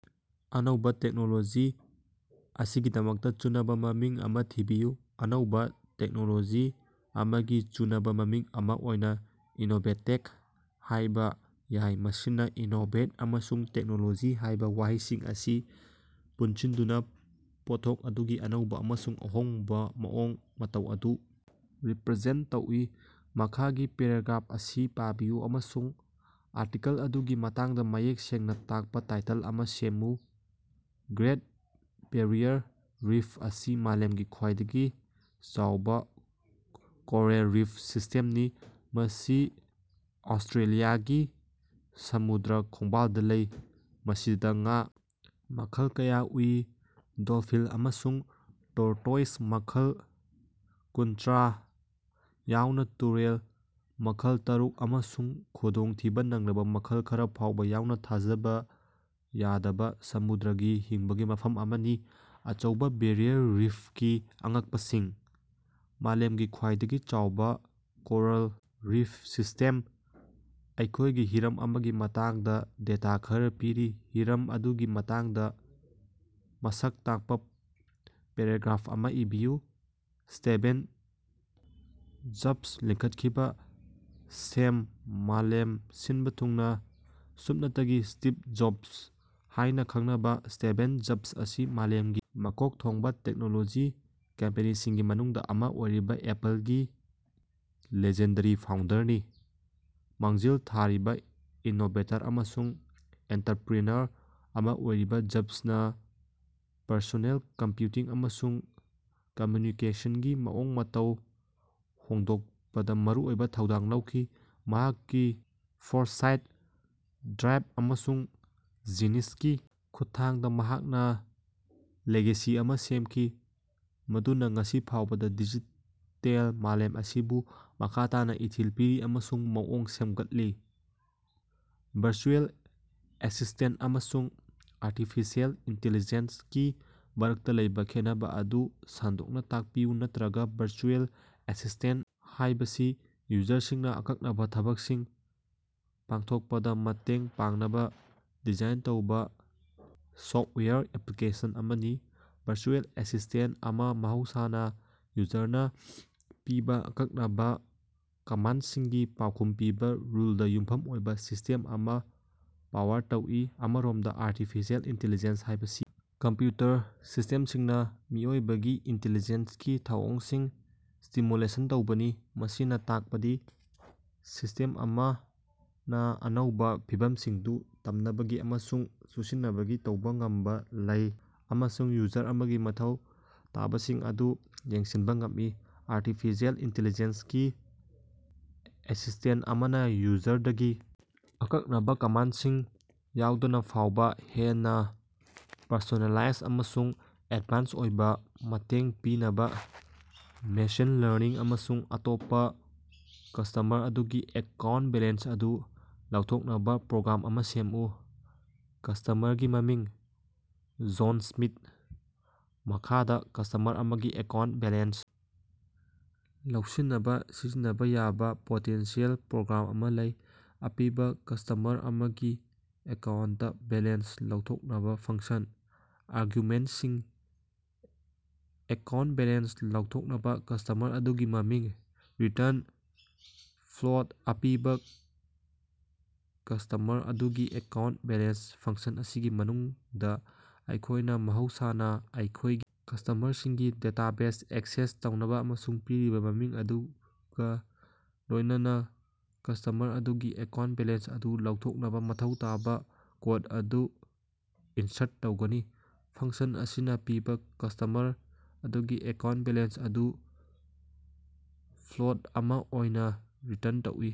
ꯑꯅꯧꯕ ꯇꯦꯛꯅꯣꯂꯣꯖꯤ ꯑꯁꯤꯒꯤꯗꯃꯛꯇ ꯆꯨꯅꯕ ꯃꯃꯤꯡ ꯑꯃ ꯊꯤꯕꯤꯌꯨ꯫ ꯑꯅꯧꯕ ꯇꯦꯛꯅꯣꯂꯣꯖꯤ ꯑꯃꯒꯤ ꯆꯨꯅꯕ ꯃꯃꯤꯡ ꯑꯃ ꯑꯣꯏꯅ "ꯏꯅꯣꯚꯦꯇꯦꯛ" ꯍꯥꯏꯕ ꯌꯥꯏ ꯃꯁꯤꯅ "ꯏꯅꯣꯚꯦꯠ" ꯑꯃꯁꯨꯡ "ꯇꯦꯛꯅꯣꯂꯣꯖꯤ" ꯍꯥꯏꯕ ꯋꯥꯍꯩꯁꯤꯡ ꯑꯁꯤ ꯄꯨꯟꯁꯤꯟꯗꯨꯅ ꯄꯣꯠꯊꯣꯛ ꯑꯗꯨꯒꯤ ꯑꯅꯧꯕ ꯑꯃꯁꯨꯡ ꯑꯍꯣꯡꯕ ꯃꯑꯣꯡ ꯃꯇꯧ ꯑꯗꯨ ꯔꯤꯄ꯭ꯔꯖꯦꯟꯇ ꯇꯧꯏ꯫ ꯃꯈꯥꯒꯤ ꯄꯦꯔꯥꯒ꯭ꯔꯥꯐ ꯑꯁꯤ ꯄꯥꯕꯤꯌꯨ ꯑꯃꯁꯨꯡ ꯑꯥꯔꯇꯤꯀꯜ ꯑꯗꯨꯒꯤ ꯃꯇꯥꯡꯗ ꯃꯌꯦꯛ ꯁꯦꯡꯅ ꯇꯥꯛꯄ ꯇꯥꯏꯇꯜ ꯑꯃ ꯁꯦꯝꯃꯨ꯫ ꯒ꯭ꯔꯦꯠ ꯕꯦꯔꯤꯌꯥꯔ ꯔꯤꯐ ꯑꯁꯤ ꯃꯥꯂꯦꯝꯒꯤ ꯈ꯭ꯋꯥꯏꯗꯒꯤ ꯆꯥꯎꯕ ꯀꯣꯔꯜ ꯔꯤꯐ ꯁꯤꯁꯇꯦꯝꯅꯤ, ꯃꯁꯤ ꯑꯣꯁꯇ꯭ꯔꯦꯂꯤꯌꯥꯒꯤ ꯁꯃꯨꯗ꯭ꯔ ꯈꯣꯡꯕꯥꯜꯗ ꯂꯩ꯫ ꯃꯁꯤꯗ ꯉꯥ ꯃꯈꯜ ꯀꯌꯥ ꯎꯏ, ꯗꯣꯜꯐꯤꯟ ꯑꯃꯁꯨꯡ ꯇꯣꯔꯇꯣꯏꯖ ꯃꯈꯜ ꯀꯨꯟꯇꯔꯥ ꯌꯥꯎꯅ ꯇꯨꯔꯦꯜ ꯃꯈꯜ ꯇꯔꯨꯛ ꯑꯃꯁꯨꯡ ꯈꯨꯗꯣꯡꯊꯤꯕ ꯅꯪꯂꯕ ꯃꯈꯜ ꯈꯔ ꯐꯥꯎꯕ ꯌꯥꯎꯅ ꯊꯥꯖꯕ ꯌꯥꯗꯕ ꯁꯃꯨꯗ꯭ꯔꯒꯤ ꯍꯤꯡꯕꯒꯤ ꯃꯐꯝ ꯑꯃꯅꯤ꯫ ꯑꯆꯧꯕ ꯕꯦꯔꯤꯌꯥꯔ ꯔꯤꯐꯀꯤ ꯑꯉꯛꯄꯁꯤꯡ: ꯃꯥꯂꯦꯝꯒꯤ ꯈ꯭ꯋꯥꯏꯗꯒꯤ ꯆꯥꯎꯕ ꯀꯣꯔꯜ ꯔꯤꯐ ꯁꯤꯁꯇꯦꯝ꯫ ꯑꯩꯈꯣꯏꯗ ꯍꯤꯔꯝ ꯑꯃꯒꯤ ꯃꯇꯥꯡꯗ ꯗꯦꯇꯥ ꯈꯔ ꯄꯤꯔꯤ꯫ ꯍꯤꯔꯝ ꯑꯗꯨꯒꯤ ꯃꯇꯥꯡꯗ ꯃꯁꯛ ꯇꯥꯛꯄ ꯄꯦꯔꯥꯒ꯭ꯔꯥꯐ ꯑꯃ ꯏꯕꯤꯌꯨ꯫ ꯁ꯭ꯇꯦꯚꯦꯟ ꯖꯕꯁ ꯂꯤꯡꯈꯠꯈꯤꯕ ꯁꯦꯝ ꯃꯥꯂꯦꯝ ꯁꯤꯟꯕ ꯊꯨꯡꯅ ꯁꯨꯞꯅꯇꯒꯤ ꯁ꯭ꯇꯤꯚ ꯖꯕꯁ ꯍꯥꯏꯅ ꯈꯪꯅꯕ ꯁ꯭ꯇꯦꯚꯦꯟ ꯖꯕꯁ ꯑꯁꯤ ꯃꯥꯂꯦꯝꯒꯤ ꯃꯀꯣꯛ ꯊꯣꯡꯕ ꯇꯦꯛꯅꯣꯂꯣꯖꯤ ꯀꯝꯄꯦꯅꯤꯁꯤꯡꯒꯤ ꯃꯅꯨꯡꯗ ꯑꯃ ꯑꯣꯏꯔꯤꯕ ꯑꯦꯄꯜꯒꯤ ꯂꯤꯖꯦꯟꯗꯥꯔꯤ ꯐꯥꯎꯟꯗꯔꯅꯤ꯫ ꯃꯥꯡꯖꯤꯜ ꯊꯥꯔꯤꯕ ꯏꯅꯣꯚꯦꯇꯔ ꯑꯃꯁꯨꯡ ꯑꯣꯟꯇ꯭ꯔꯨꯄ꯭ꯔꯤꯅꯔ ꯑꯃ ꯑꯣꯏꯔꯤꯕ ꯖꯕꯁꯅ ꯄꯔꯁꯣꯅꯦꯜ ꯀꯝꯄ꯭ꯌꯨꯇꯤꯡ ꯑꯃꯁꯨꯡ ꯀꯝꯃ꯭ꯌꯨꯅꯤꯀꯦꯁꯟꯒꯤ ꯃꯑꯣꯡ ꯃꯇꯧ ꯍꯣꯡꯗꯣꯛꯄꯗ ꯃꯔꯨꯑꯣꯏꯕ ꯊꯧꯗꯥꯡ ꯂꯧꯈꯤ꯫ ꯃꯍꯥꯛꯀꯤ ꯐꯣꯔꯁꯥꯏꯠ, ꯗ꯭ꯔꯥꯏꯕ ꯑꯃꯁꯨꯡ ꯖꯤꯅꯤꯁꯀꯤ ꯈꯨꯠꯊꯥꯡꯗ ꯃꯍꯥꯛꯅ ꯂꯤꯒꯦꯁꯤ ꯑꯃ ꯁꯦꯝꯈꯤ ꯃꯗꯨꯅ ꯉꯁꯤ ꯐꯥꯎꯕ ꯗꯤꯖꯤꯇꯦꯜ ꯃꯥꯂꯦꯝ ꯑꯁꯤꯕꯨ ꯃꯈꯥ ꯇꯥꯅ ꯏꯊꯤꯜ ꯄꯤꯔꯤ ꯑꯃꯁꯨꯡ ꯃꯑꯣꯡ ꯁꯦꯝꯒꯠꯂꯤ꯫ ꯚꯔꯆꯨꯑꯦꯜ ꯑꯦꯁꯤꯁꯇꯦꯟꯇ ꯑꯃꯁꯨꯡ ꯑꯥꯔꯇꯤꯐꯤꯁꯤꯑꯦꯜ ꯏꯟꯇꯦꯂꯤꯖꯦꯟꯁ ꯒꯤ ꯃꯔꯛꯇ ꯂꯩꯕ ꯈꯦꯠꯅꯕ ꯑꯗꯨ ꯁꯟꯗꯣꯛꯅ ꯇꯥꯛꯄꯤꯌꯨ ꯅꯠꯇ꯭ꯔꯒ ꯚꯔꯆꯨꯑꯦꯜ ꯑꯦꯁꯤꯁꯇꯦꯟꯇ ꯍꯥꯏꯕꯁꯤ ꯌꯨꯖꯔꯁꯤꯡꯅ ꯑꯀꯛꯅꯕ ꯊꯕꯛꯁꯤꯡ ꯄꯥꯡꯊꯣꯛꯄꯗ ꯃꯇꯦꯡ ꯄꯥꯡꯅꯕ ꯗꯤꯖꯥꯏꯟ ꯇꯧꯕ ꯁꯣꯐꯇꯋꯥꯌꯔ ꯑꯦꯄ꯭ꯂꯤꯀꯦꯁꯟ ꯑꯃꯅꯤ꯫ ꯚꯔꯆꯨꯑꯦꯜ ꯑꯦꯁꯤꯁꯇꯦꯟꯇ ꯑꯃ ꯃꯍꯧꯁꯥꯅ ꯌꯨꯖꯔꯅ ꯄꯤꯕ ꯑꯀꯛꯅꯕ ꯀꯃꯥꯟꯗꯁꯤꯡꯒꯤ ꯄꯥꯎꯈꯨꯝ ꯄꯤꯕ ꯔꯨꯜꯗ ꯌꯨꯝꯐꯝ ꯑꯣꯏꯕ ꯁꯤꯁꯇꯦꯝ ꯑꯃꯅ ꯄꯥꯋꯔ ꯇꯧꯏ꯫ ꯑꯃꯔꯣꯝꯗ ꯑꯥꯔꯇꯤꯐꯤꯁꯤꯑꯦꯜ ꯏꯟꯇꯤꯂꯤꯖꯦꯟꯁ ꯍꯥꯏꯕꯁꯤ ꯀꯝꯄ꯭ꯌꯨꯇꯔ ꯁꯤꯁꯇꯦꯝꯁꯤꯡꯅ ꯃꯤꯑꯣꯏꯕꯒꯤ ꯏꯟꯇꯦꯂꯤꯖꯦꯟꯁꯀꯤ ꯊꯧꯑꯣꯡꯁꯤꯡ ꯁ꯭ꯇꯤꯃꯨꯂꯦꯁꯟ ꯇꯧꯕꯅꯤ꯫ ꯃꯁꯤꯅ ꯇꯥꯛꯄꯗꯤ ꯁꯤꯁꯇꯦꯝ ꯑꯃꯅ ꯑꯅꯧꯕ ꯐꯤꯚꯝꯁꯤꯡꯗ ꯇꯝꯅꯕꯒꯤ ꯑꯃꯁꯨꯡ ꯆꯨꯁꯤꯟꯅꯕꯒꯤ ꯇꯧꯕ ꯉꯝꯕ ꯂꯩ ꯑꯃꯁꯨꯡ ꯌꯨꯖꯔ ꯑꯃꯒꯤ ꯃꯊꯧ ꯇꯥꯕꯁꯤꯡ ꯑꯗꯨ ꯌꯦꯡꯁꯤꯟꯕ ꯉꯝꯃꯤ꯫ ꯑꯥꯔꯇꯤꯐꯤꯁꯤꯑꯦꯜ ꯏꯟꯇꯦꯂꯤꯖꯦꯟꯁ ꯒꯤ ꯑꯦꯁꯤꯁꯇꯦꯟꯇ ꯑꯃꯅ ꯌꯨꯖꯔꯗꯒꯤ ꯑꯀꯛꯅꯕ ꯀꯃꯥꯟꯗꯁꯤꯡ ꯌꯥꯎꯗꯅ ꯐꯥꯎꯕ ꯍꯦꯟꯅ ꯄꯔꯁꯣꯅꯦꯂꯥꯏꯖ ꯑꯃꯁꯨꯡ ꯑꯦꯗꯚꯥꯟꯁ ꯑꯣꯏꯕ ꯃꯇꯦꯡ ꯄꯤꯅꯕ ꯃꯦꯁꯤꯟ ꯂꯔꯅꯤꯡ ꯑꯃꯁꯨꯡ ꯑꯇꯣꯞꯄ ꯀꯁꯇꯃꯔ ꯑꯗꯨꯒꯤ ꯑꯦꯀꯥꯎꯟꯇ ꯕꯦꯂꯦꯟꯁ ꯑꯗꯨ ꯂꯧꯊꯣꯛꯅꯕ ꯄ꯭ꯔꯣꯒ꯭ꯔꯥꯝ ꯑꯃ ꯁꯦꯝꯃꯨ꯫ ꯀꯁꯇꯃꯔꯒꯤ ꯃꯃꯤꯡ: ꯖꯣꯟ ꯁ꯭ꯃꯤꯊ꯫ ꯃꯈꯥꯗ ꯀꯁꯇꯃꯔ ꯑꯃꯒꯤ ꯑꯦꯀꯥꯎꯟꯇ ꯕꯦꯂꯦꯟꯁ ꯂꯧꯁꯤꯟꯅꯕ ꯁꯤꯖꯤꯟꯅꯕ ꯌꯥꯕ ꯄꯣꯇꯦꯟꯁꯤꯑꯦꯜ ꯄ꯭ꯔꯣꯒ꯭ꯔꯥꯝ ꯑꯃ ꯂꯩ, ꯑꯄꯤꯕ ꯀꯁꯇꯃꯔ ꯑꯃꯒꯤ ꯑꯦꯀꯥꯎꯟꯇ ꯕꯦꯂꯦꯟꯁ ꯂꯧꯊꯣꯛꯅꯕ ꯐꯪꯁꯟ꯫ ꯑꯥꯔꯒꯨꯃꯦꯟꯇꯁꯤꯡ: ꯑꯦꯀꯥꯎꯟꯇ ꯕꯦꯂꯦꯟꯁ ꯂꯧꯊꯣꯛꯀꯗꯕ ꯀꯁꯇꯃꯔ ꯑꯗꯨꯒꯤ ꯃꯃꯤꯡ꯫ꯔꯤꯇꯔꯟ: ꯐ꯭ꯂꯣꯠ ꯑꯄꯤꯕ ꯀꯁꯇꯃꯔ ꯑꯗꯨꯒꯤ ꯑꯦꯀꯥꯎꯟꯇ ꯕꯦꯂꯦꯟꯁ ꯐꯪꯁꯟ ꯑꯁꯤꯒꯤ ꯃꯅꯨꯡꯗ, ꯑꯩꯈꯣꯏꯅ ꯃꯍꯧꯁꯥꯅ ꯑꯩꯈꯣꯏꯒꯤ ꯀꯁꯇꯃꯔꯁꯤꯡꯒꯤ ꯗꯦꯇꯥꯕꯦꯖꯗ ꯑꯦꯛꯁꯦꯁ ꯇꯧꯅꯕ ꯑꯃꯁꯨꯡ ꯄꯤꯔꯤꯕ ꯃꯃꯤꯡ ꯑꯗꯨꯒ ꯂꯣꯏꯅꯅ ꯀꯁꯇꯃꯔ ꯑꯗꯨꯒꯤ ꯑꯦꯀꯥꯎꯟꯇ ꯕꯦꯂꯦꯟꯁ ꯑꯗꯨ ꯂꯧꯊꯣꯛꯅꯕ ꯃꯊꯧ ꯇꯥꯕ ꯀꯣꯗ ꯑꯗꯨ ꯏꯟꯁꯔꯠ ꯇꯧꯒꯅꯤ꯫ ꯐꯪꯁꯟ ꯑꯁꯤꯅ ꯑꯄꯤꯕ ꯀꯁꯇꯃꯔ ꯑꯗꯨꯒꯤ ꯑꯦꯀꯥꯎꯟꯇ ꯕꯦꯂꯦꯟꯁ ꯑꯗꯨ ꯐ꯭ꯂꯣꯠ ꯑꯃ ꯑꯣꯏꯅ ꯔꯤꯇꯔꯟ ꯇꯧꯏ꯫